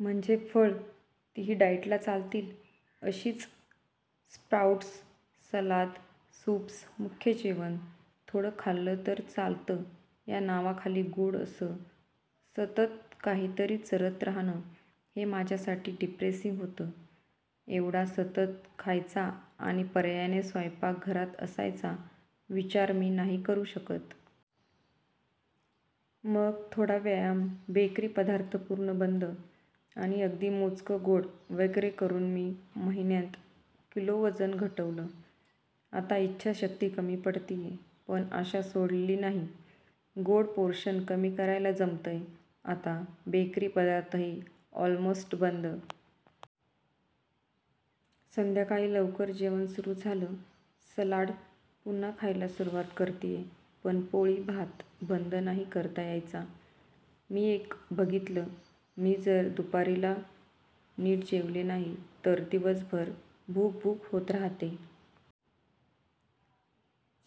म्हणजे फळं- तीही डाएटला चालतील अशीच, स्प्राऊट्स, सलाद, सूप्स, मुख्य जेवण, थोडं खाल्लं तर चालतं या नावाखाली गोड असं सत्तत्त काहीतरी चरत रहाणं हे माझ्यासाठी डिप्रेसिंग होतं. एवढा सतत खायचा आणि पर्यायाने स्वयंपाकघरात असायचा विचार मी नाही करू शकत. मग थोडा व्यायाम, बेकरी पदार्थ पूर्ण बंद, आणि अगदी मोजकं गोड वगैरे करून मी महिन्यांत किलो वजन घटवलं. आता इच्छाशक्ती कमी पडतेय, पण आशा सोडलेली नाही. गोड पोर्शन कमी करायला जमतंय आता. बेकरी पदार्थही ऑलमोस्ट बंद. संध्याकाळी लवकर जेवण सुरू झालं. सलाड पुन्हा खायला सुरूवात करतेय, पण पोळी/ भात बंद नाही करता यायचं. मी एक बघितलं, मी जर दुपारी ला नीट जेवले नाही तर दिवसभर भूक भूक होत रहाते.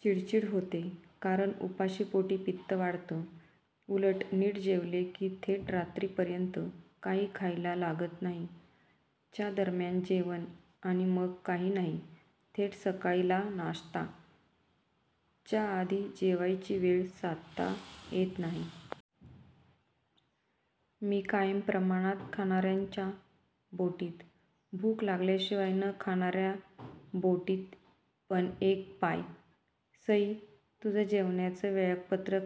चिडचिड होते कारण उपाशीपोटी पित्त वाढतं. उलट नीट जेवले की थेट रात्री पर्यंत काही खायला लागत नाही, च्या दर्म्यान जेवण आणि मग काही नाही. थेट सकाळी ला नाश्ता. च्या आधी जेवायची वेळ साधता येत नाही. मी कायम प्रमाणात खाणार्यांच्या बोटीत. भूक लागल्याशिवाय न खाणार्या बोटीत पण एक पाय. सई, तुझं जेवण्याचं वेळापत्रक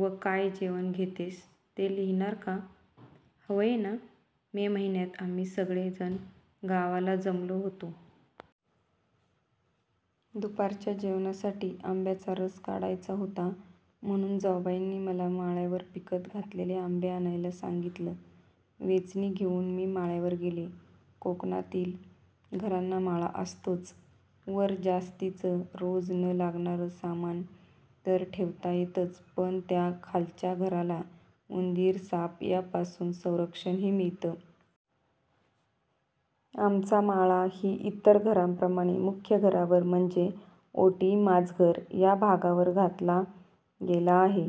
व काय जेवण घेतेस ते लिहीणार का? >> हवंय ना? मे महिन्यात आम्ही सगळे जणं गावाला जमलो होतो. दुपारच्या जेवणासाठी आंब्याचा रस काढायचा होता, म्हणून जाउबाईंनी मला माळ्यावर पिकत घातलेले आंबे आणायला सांगितलं. वेचणी घेऊन मी माळ्यावर गेले. कोकणातील घरांना माळा असतोच. वर जास्तीच रोज न लागणार सामान तर ठेवता येतच पण त्या खालच्या घराला उंदीर, साप यापासून संरक्षण ही मिळतं. आमचा माळा ही इतर घरांप्रमाणे मुख्य घरावर म्हणजे ओटी, माजघर या भागावर घातला गेला आहे.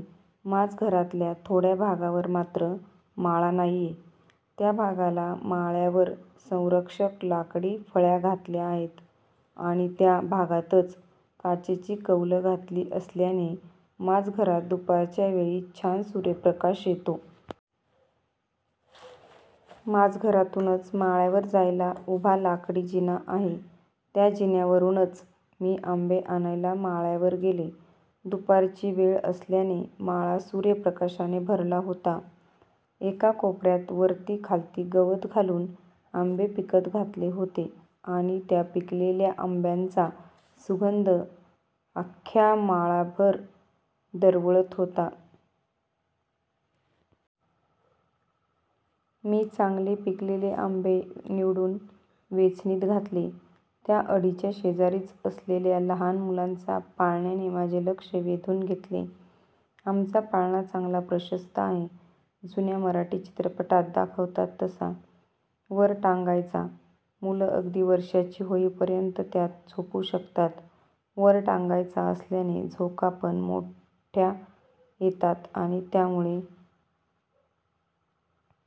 माजघरातल्या थोडया भागावर मात्र माळा नाहीये. त्या भागाला माळ्यावर संरक्षक लाकडी फळ्या घातल्या आहेत. आणि त्या भागातच काचेची कौल घातली असल्याने माजघरात दुपारच्या वेळी छान सूर्यप्रकाश येतो. माजघरातूनच माळ्यावर जायला उभा लाकडी जिना आहे. त्या जिन्यावरूनच मी आंबे आणायला माळ्यावर गेले. दुपारची वेळ असल्याने माळा सुर्यप्रकाशाने भरला होता. एका कोपऱ्यात वरती खालती गवत घालून आंबे पिकत घातले होते आणि त्या पिकलेल्या आंब्यांचा सुगंध अख्यख्या माळाभर दरवळत होता. मी चांगले पिकलेले आंबे निवडून वेचणीत घातले. त्या अढीच्या शेजारीच असलेल्या लहान मुलांचा पाळण्याने माझे लक्ष वेधून घेतले. आमचा पाळणा चांगला प्रशस्त आहे. जुन्या मराठी चित्रपटात दाखवतात तसा. वर टांगायचा. मुलं अगदी वर्षाची होई पर्यंत त्यात झोपू शकतात. वर टांगायचा असल्याने झोका पण मोठया येतात आणि त्यामुळे